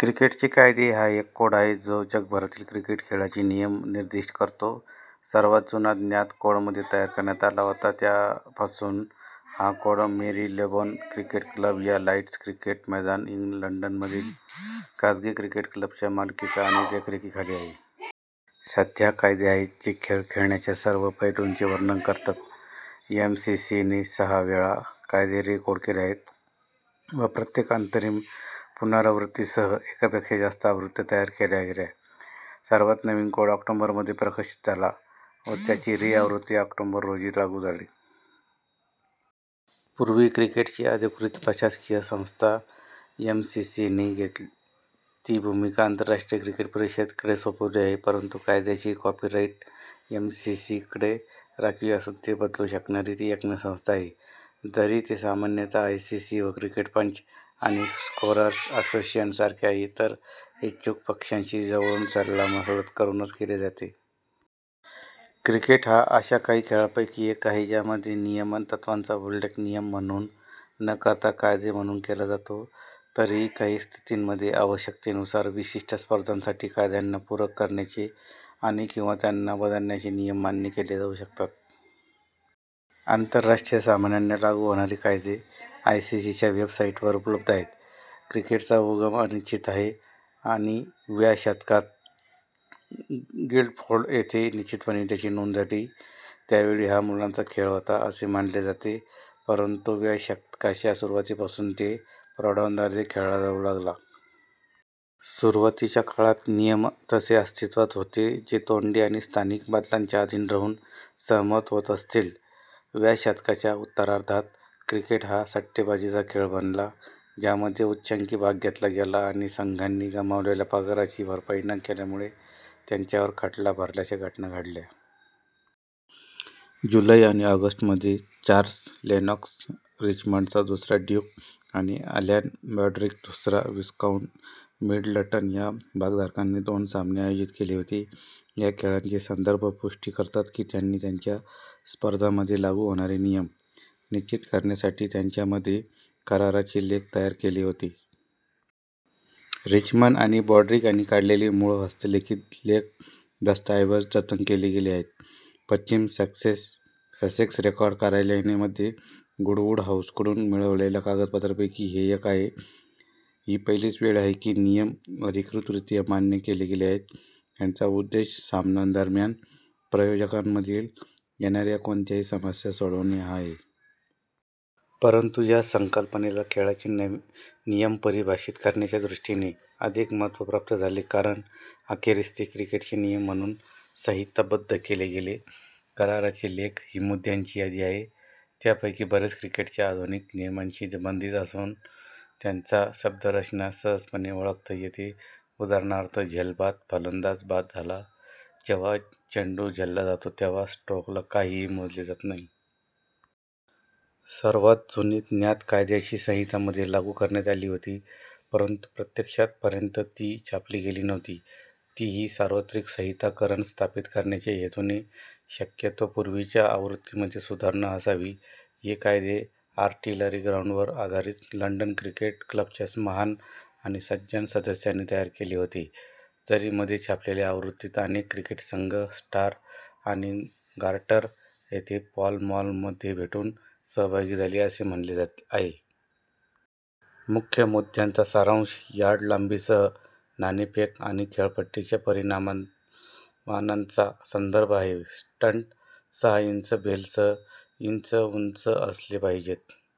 क्रिकेटचे कायदे हा एक कोड आहे जो जगभरातील क्रिकेट खेळाचे नियम निर्दिष्ट करतो. सर्वात जुना ज्ञात कोड मध्ये तयार करण्यात आला होता. पासून हा कोड मेरीलेबोन क्रिकेट क्लब या लॉर्ड्स क्रिकेट मैदान, लंडनमधील खाजगी क्रिकेट क्लबच्या मालकीचा आणि देखरेखीखाली आहे. सध्या कायदे आहेत, जे खेळ खेळण्याच्या सर्व पैलूंचे वर्णन करतात. एम सी सी ने सहा वेळा कायदे रि-कोड केले आहेत व प्रत्येक अंतरिम पुनरावृत्तीसह एकापेक्षा जास्त आवृत्त्या तयार केल्या गेल्या. सर्वात नवीन कोड ऑक्टोबर मध्ये प्रकाशित झाला व त्याची री आवृत्ती ऑक्टोबर रोजी लागू झाली. पूर्वी क्रिकेटची अधिकृत प्रशासकीय संस्था, एमसीसी ने ती भूमिका आंतरराष्ट्रीय क्रिकेट परिषद कडे सोपवली आहे. परंतु कायद्याचे कॉपीराइट एमसीसी कडे राखीव असून ते बदलू शकणारी ती एकमेव संस्था आहे, जरी ते सामान्यतः आयसीसी व क्रिकेट पंच आणि स्कोअरर्स असोसिएशन सारख्या इतर इच्छुक पक्षांशी जवळून सल्लामसलत करूनच केले जाते. क्रिकेट हा अशा काही खेळांपैकी एक आहे ज्यामध्ये नियमन तत्त्वांचा उल्लेख "नियम" म्हणून न करता "कायदे" म्हणून केला जातो. तरीही काही स्थितींमध्ये आवश्यकतेनुसार विशिष्ट स्पर्धांसाठी कायद्यांना पूरक करण्याचे आणि/किंवा त्यांना बदलण्याचे नियम मान्य केले जाऊ शकतात. आंतरराष्ट्रीय सामन्यांना लागू होणारे कायदे आयसीसीच्या वेबसाइटवर उपलब्ध आहेत. क्रिकेटचा उगम अनिश्चित आहे आणि व्या शतकात गिल्डफोर्ड येथे निश्चितपणे त्याची नोंद झाली. त्यावेळी हा मुलांचा खेळ होता असे मानले जाते परंतु व्या शतकाच्या सुरुवातीपासून तो प्रौढांद्वारे खेळला जाऊ लागला. सुरुवातीच्या काळात नियम तसे अस्तित्त्वात होते, जे तोंडी आणि स्थानिक बदलांच्या अधीन राहून सहमत होत असतील. व्या शतकाच्या उत्तरार्धात क्रिकेट हा सट्टेबाजीचा खेळ बनला, ज्यामध्ये उच्चांकी भाग घेतला गेला आणि संघांनी गमावलेल्या पगाराची भरपाई न केल्यामुळे त्यांच्यावर खटला भरल्याच्या घटना घडल्या. जुलै आणि ऑगस्ट मध्ये, चार्ल्स लेनॉक्स, रिचमंडचा दुसरा ड्यूक आणि ॲलन ब्रॉड्रिक, दुसरा विस्काउंट मिडलटन या भागधारकांनी दोन सामने आयोजित केले होते. या खेळांचे संदर्भ पुष्टी करतात की त्यांनी त्यांच्या स्पर्धांमध्ये लागू होणारे नियम निश्चित करण्यासाठी त्यांच्यामध्ये कराराचे लेख तयार केले होते. रिचमंड आणि ब्रॉड्रिक यांनी काढलेले मूळ हस्तलिखित लेख दस्तऐवज जतन केले गेले आहेत. पश्चिम ससेक्स रेकॉर्ड कार्यालयाने मध्ये गुडवुड हाऊसकडून मिळवलेल्या कागदपत्रांपैकी हे एक आहे. ही पहिलीच वेळ आहे की नियम अधिकृतरीत्या मान्य केले गेले आहेत, त्यांचा उद्देश सामन्यांदरम्यान प्रयोजकांमधील येणाऱ्या कोणत्याही समस्या सोडवणे हा आहे. परंतु या संकल्पनेला खेळाचे नियम परिभाषित करण्याच्या दृष्टीने अधिक महत्त्व प्राप्त झाले कारण अखेरीस, ते क्रिकेटचे नियम म्हणून संहिताबद्ध केले गेले. कराराचे लेख ही मुद्यांची यादी आहे, त्यापैकी बरेच क्रिकेटच्या आधुनिक नियमांशी संबंधित असूनही त्यांची शब्दरचना सहजपणे ओळखता येते, उदाहरणार्थ: झेलबाद, फलंदाज बाद झाला; जेव्हा चेंडू झेलला जातो तेव्हा स्ट्रोकला काहीही मोजले जात नाही. सर्वात जुनी ज्ञात कायद्याची संहिता मध्ये लागू करण्यात आली होती, परंतु प्रत्यक्षात पर्यंत ती छापली गेली नव्हती. तीही सार्वत्रिक संहिताकरण स्थापित करण्याच्या हेतूने शक्यतो पूर्वीच्या आवृत्तीमध्ये सुधारणा असावी. हे कायदे आर्टिलरी ग्राउंडवर आधारित लंडन क्रिकेट क्लबच्या "महान आणि सज्जन सदस्यांनी" तयार केले होते, जरी मध्ये छापलेल्या आवृत्तीत "अनेक क्रिकेट संघ" स्टार आणि गार्टर येथे पॉल मॉल मध्ये भेटून सहभागी झाले, असे म्हणले आहे. मुख्य मुद्द्यांचा सारांश: यार्ड लांबीसह नाणेफेक आणि खेळपट्टीच्या परिमाणांचा संदर्भ आहे; स्टंप सहा इंच बेलसह इंच उंच असले पाहिजेत;।